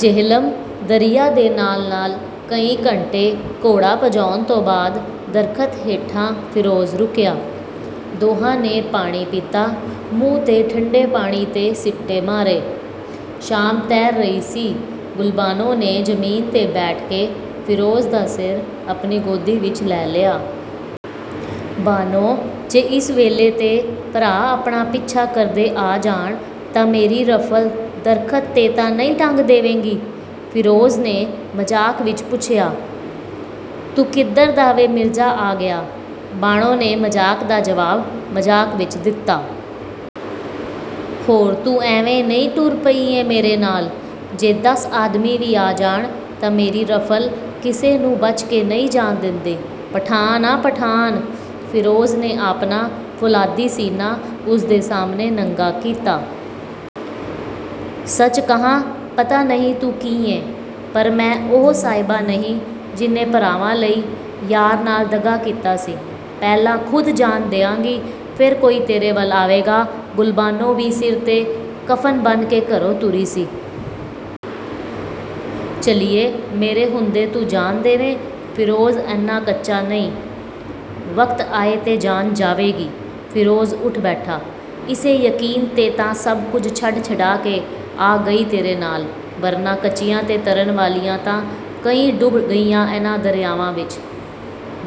ਜੇਹਲਮ ਦਰਿਆ ਦੇ ਨਾਲ ਨਾਲ ਕਈ ਘੰਟੇ ਘੋੜਾ ਭਜਾਉਣ ਤੋਂ ਬਾਅਦ ਦਰੱਖਤ ਹੇਠਾਂ ਫਿਰੋਜ਼ ਰੁਕਿਆ। ਦੋਹਾਂ ਨੇ ਪਾਣੀ ਪੀਤਾ, ਮੂੰਹ ਤੇ ਠੰਡੇ ਪਾਣੀ ਦੇ ਸਿੱਟੇ ਮਾਰੇ। ਸ਼ਾਮ ਤੈਰ ਰਹੀ ਸੀ, ਗੁਲਬਾਨੋ ਨੇ ਜ਼ਮੀਨ ਤੇ ਬੈਠ ਕੇ ਫਿਰੋਜ਼ ਦਾ ਸਿਰ ਆਪਣੀ ਗੋਦੀ ਵਿਚ ਲੈ ਲਿਆ। ਬਾਨੋ… ਜੇ ਇਸ ਵੇਲੇ ਤੇ ਭਰਾ ਆਪਣਾ ਪਿੱਛਾ ਕਰਦੇ ਆ ਜਾਣ ਤਾਂ ਮੇਰੀ ਰਫ਼ਲ ਦਰੱਖਤ ਤੇ ਤਾਂ ਨਹੀ ਟੰਗ ਦੇਵੇਗੀ…! ਫਿਰੋਜ਼ ਨੇ ਮਜ਼ਾਕ ਵਿੱਚ ਪੁੱਛਿਆ। "ਤੂੰ ਕਿੱਧਰ ਦਾ ਵੇ ਮਿਰਜ਼ਾ ਆ ਗਿਆ..! ਬਾਨੋ ਨੇ ਮਜ਼ਾਕ ਦਾ ਜਵਾਬ ਮਜ਼ਾਕ ਵਿੱਚ ਦਿਤਾ। ਹੋਰ ਤੂੰ ਐਵੇਂ ਨੀ ਟੁਰ ਪਈ ਏਂ ਮੇਰੇ ਨਾਲ..! ਜੇ ਦਸ ਆਦਮੀ ਵੀ ਆ ਜਾਣ, ਤਾਂ ਮੇਰੀ ਰਫ਼ਲ ਕਿਸੇ ਨੂੰ ਬੱਚ ਕੇ ਨਹੀ ਜਾਣ ਦਿੰਦੀ… ਪਠਾਣ ਹਾਂ ਪਠਾਣ… ਫਿਰੋਜ਼ ਨੇ ਆਪਣਾ ਫੌਲਾਦੀ ਸੀਨਾ ਉਸ ਦੇ ਸਾਹਮਣੇ ਨੰਗਾ ਕੀਤਾ। "ਸੱਚ ਕਹਾਂ ਪਤਾ ਨਹੀਂ ਤੂੰ ਕੀ ਏਂ! ਪਰ ਮੈਂ ਉਹ ਸਹਿਬਾਂ ਨਹੀ, ਜਿਹਨੇ ਭਰਾਵਾਂ ਲਈ ਯਾਰ ਨਾਲ ਦਗਾ ਕੀਤਾ ਸੀ। ਪਹਿਲਾ ਖੁੱਦ ਜਾਨ ਦਿਆਂਗੀ, ਫੇਰ ਕੋਈ ਤੇਰੇ ਵੱਲ ਆਵੇਗਾ…. ਗੁਲਬਾਨੋ ਵੀ ਸਿਰ ਤੇ ਕਫਨ ਬੰਨ੍ਹ ਕੇ ਘਰੋ ਤੁਰੀ ਸੀ। ਝੱਲੀਏ… ਮੇਰੇ ਹੁੰਦੇ ਤੂੰ ਜਾਨ ਦੇਵੇ…! ਫਿਰੋਜ਼ ਇੰਨ੍ਹਾਂ ਕੱਚਾ ਨਹੀ.. ਵਕਤ ਆਏ ਤੇ ਜਾਣ ਜਾਵੇਗੀ.. ਫਿਰੋਜ਼ ਉਠ ਬੈਠਾ। "ਇਸੇ ਯਕੀਨ ਤੇ ਤਾਂ ਸਭ ਕੁਛ ਛੱਡ-ਛਡਾ ਕੇ ਆ ਗਈ ਤੇਰੇ ਨਾਲ। ਵਰਨਾ ਕੱਚਿਆ ਤੇ ਤਰਨ ਵਾਲੀਆਂ ਤਾਂ ਕਈ ਡੁੱਬ ਗਈਆਂ ਇੰਨ੍ਹਾਂ ਦਰਿਆਵਾਂ ਵਿੱਚ…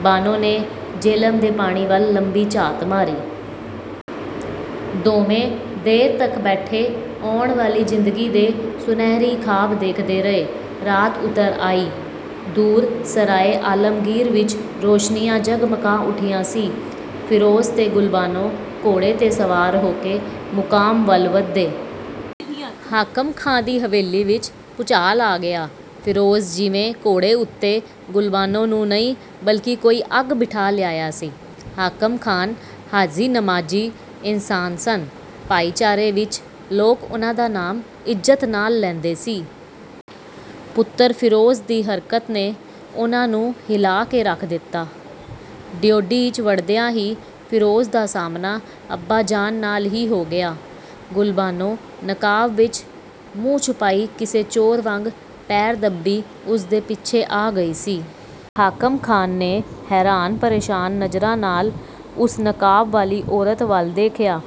ਬਾਨੋ ਨੇ ਜੇਹਲਮ ਦੇ ਪਾਣੀ ਵੱਲ ਲੰਮੀ ਝਾਤ ਮਾਰੀ। ਦੋਵੇ ਦੇਰ ਤੱਕ ਬੈਠੇ ਆਉਣ ਵਾਲੀ ਜ਼ਿੰਦਗੀ ਦੇ ਸੁਨਹਿਰੀ ਖ਼ਾਬ ਦੇਖਦੇ ਰਹੇ। ਰਾਤ ਉਤਰ ਆਈ, ਦੂਰ 'ਸਰਾਏ ਆਲਮਗੀਰ' ਵਿੱਚ ਰੋਸ਼ਨੀਆਂ ਜਗਮਗਾ ਉਠੀਆ ਸੀ। ਫਿਰੋਜ਼ ਤੇ ਗੁਲਬਾਨੋ ਘੋੜੇ ਤੇ ਸਵਾਰ ਹੋ ਕੇ ਮੁਕਾਮ ਵੱਲ ਵਧੇ। "ਹਾਕਮ ਖ਼ਾਨ ਦੀ ਹਵੇਲੀ ਵਿੱਚ ਭੁਚਾਲ ਆ ਗਿਆ। ਫਿਰੋਜ਼ ਜਿਵੇਂ ਘੋੜੇ ਉਤੇ ਗੁਲਬਾਨੋ ਨੂੰ ਨਹੀ ਬਲਕਿ ਕੋਈ ਅੱਗ ਬਿਠਾ ਲਿਆਇਆਂ ਸੀ। ਹਾਕਮ ਖ਼ਾਨ 'ਹਾਜੀ-ਨਮਾਜ਼ੀ' ਇਨਸਾਨ ਸਨ। ਭਾਈਚਾਰੇ ਵਿੱਚ ਲੋਕ ਉਨ੍ਹਾਂ ਦਾ ਨਾਮ ਇਜ਼ਤ ਨਾਲ ਲੈਦੇਂ ਸੀ। ਪੁੱਤਰ ਫਿਰੋਜ਼ ਦੀ ਹਰਕਤ ਨੇ ਉਨ੍ਹਾਂ ਨੂੰ ਹਿਲਾ ਕੇ ਰੱਖ ਦਿਤਾ। ਡਿਉਢੀ, ਚ' ਵੜਦਿਆਂ ਹੀ ਫਿਰੋਜ਼ ਦਾ ਸਾਹਮਣਾ ਅੱਬਾਜਾਨ ਨਾਲ ਹੀ ਹੋ ਗਿਆ। ਗੁਲਬਾਨੋ ਨਕਾਬ ਵਿੱਚ ਮੂੰਹ ਛੁਪਾਈ ਕਿਸੇ ਚੋਰ ਵਾਂਗ ਪੈਰ ਦੱਬੀ ਉਸਦੇ ਪਿੱਛੇ ਆ ਗਈ ਸੀ। ਹਾਕਮ ਖਾਨ ਨੇ ਹੈਰਾਨ ਪਰੇਸ਼ਾਨ ਨਜ਼ਰਾਂ ਨਾਲ ਉਸ ਨਕਾਬ ਵਾਲੀ ਔਰਤ ਵੱਲ ਦੇਖਿਆ।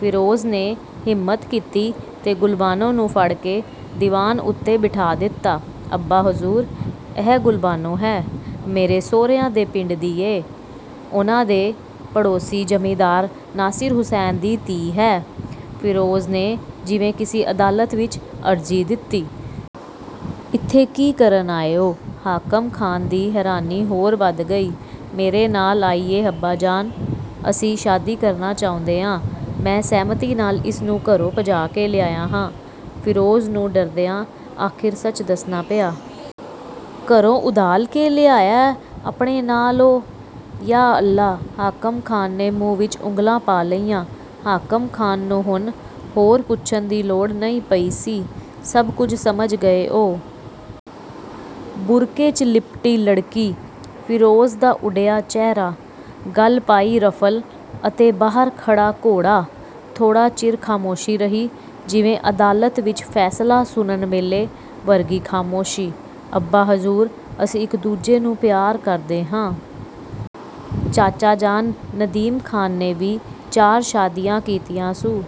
ਫਿਰੋਜ਼ ਨੇ ਹਿੰਮਤ ਕੀਤੀ ਤੇ ਗੁਲਬਾਨੋ ਨੂੰ ਫੜਕੇ ਦੀਵਾਨ ਉਤੇ ਬਿਠਾ ਦਿਤਾ। "ਅੱਬਾ ਹਜ਼ੂਰ… ਇਹ ਗੁਲਬਾਨੋ ਹੈ, ਮੇਰੇ ਸਹੁਰਿਆਂ ਦੇ ਪਿੰਡ ਦੀ ਏਂ, ਉਨ੍ਹਾਂ ਦੇ ਪੜੋਸੀ ਜ਼ਮੀਨਦਾਰ ਨਾਸਿਰ ਹੁਸੈਨ ਦੀ ਧੀ ਹੈ"… ਫਿਰੋਜ਼ ਨੇ ਜਿਵੇਂ ਕਿਸੇ ਅਦਾਲਤ ਵਿੱਚ ਅਰਜ਼ੀ ਦਿਤੀ। "ਇਥੇ ਕੀ ਕਰਨ ਆਈ ਊ….! ਹਾਕਮ ਖਾਨ ਦੀ ਹੈਰਾਨੀ ਹੋਰ ਵੱਧ ਗਈ… "ਮੇਰੇ ਨਾਲ ਆਈ ਏ ਅੱਬਾ ਜਾਨ, ਅਸੀ ਸ਼ਾਦੀ ਕਰਨਾ ਚਹੁੰਦੇ ਹਾਂ। ਮੈਂ ਸਹਿਮਤੀ ਨਾਲ ਇਸ ਨੂੰ ਘਰੋ ਭਜਾ ਕੇ ਲਿਆਇਆ ਹਾਂ… ਫਿਰੋਜ਼ ਨੂੰ ਡਰਦਿਆ ਆਖਿਰ ਸੱਚ ਦੱਸਣਾ ਪਿਆ…. ਘਰੋ ਉਧਾਲ ਕੇ ਲਿਆਇਆ ਆਪਣੇ ਨਾਲ ਊ…! ਯਾਹ ਅੱਲਾਹ ਹਾਕਮ ਖਾਨ ਨੇ ਮੂੰਹ ਵਿੱਚ ਉਗਲਾਂ ਪਾ ਲਈਆ। ਹਾਕਮ ਖਾਨ ਨੂੰ ਹੁਣ ਹੋਰ ਪੁੱਛਣ ਦੀ ਲੋੜ ਨਹੀ ਪਈ ਸੀ। ਸਭ ਕੁਝ ਸਮਝ ਗਏ ਉਹ। ਬੁਰਕੇ, ਚ' ਲਿਪਟੀ ਲੜਕੀ, ਫਿਰੋਜ਼ ਦਾ ਉਡਿਆ ਚਿਹਰਾ, ਗਲ ਪਾਈ ਰਫਲ ਅਤੇ ਬਾਹਰ ਖੜ੍ਹਾ ਘੋੜਾ। ਥੋੜ੍ਹਾ ਚਿਰ ਖਾਮੋਸ਼ੀ ਰਹੀ, ਜਿਵੇਂ ਅਦਾਲਤ ਵਿੱਚ ਫੈਸਲਾ ਸੁਨਣ ਵੇਲੇ ਵਰਗੀ ਖਾਮੋਸ਼ੀ। "ਅੱਬਾ ਹਜ਼ੂਰ"ਅਸੀ ਇੱਕ ਦੂਜੇ ਨੂੰ ਪਿਆਰ ਕਰਦੇ ਹਾਂ। ਚਾਚਾ ਜਾਨ ਨਦੀਮ ਖ਼ਾਨ ਨੇ ਵੀ ਚਾਰ ਸ਼ਾਦੀਆ ਕੀਤੀਆ ਸੂ।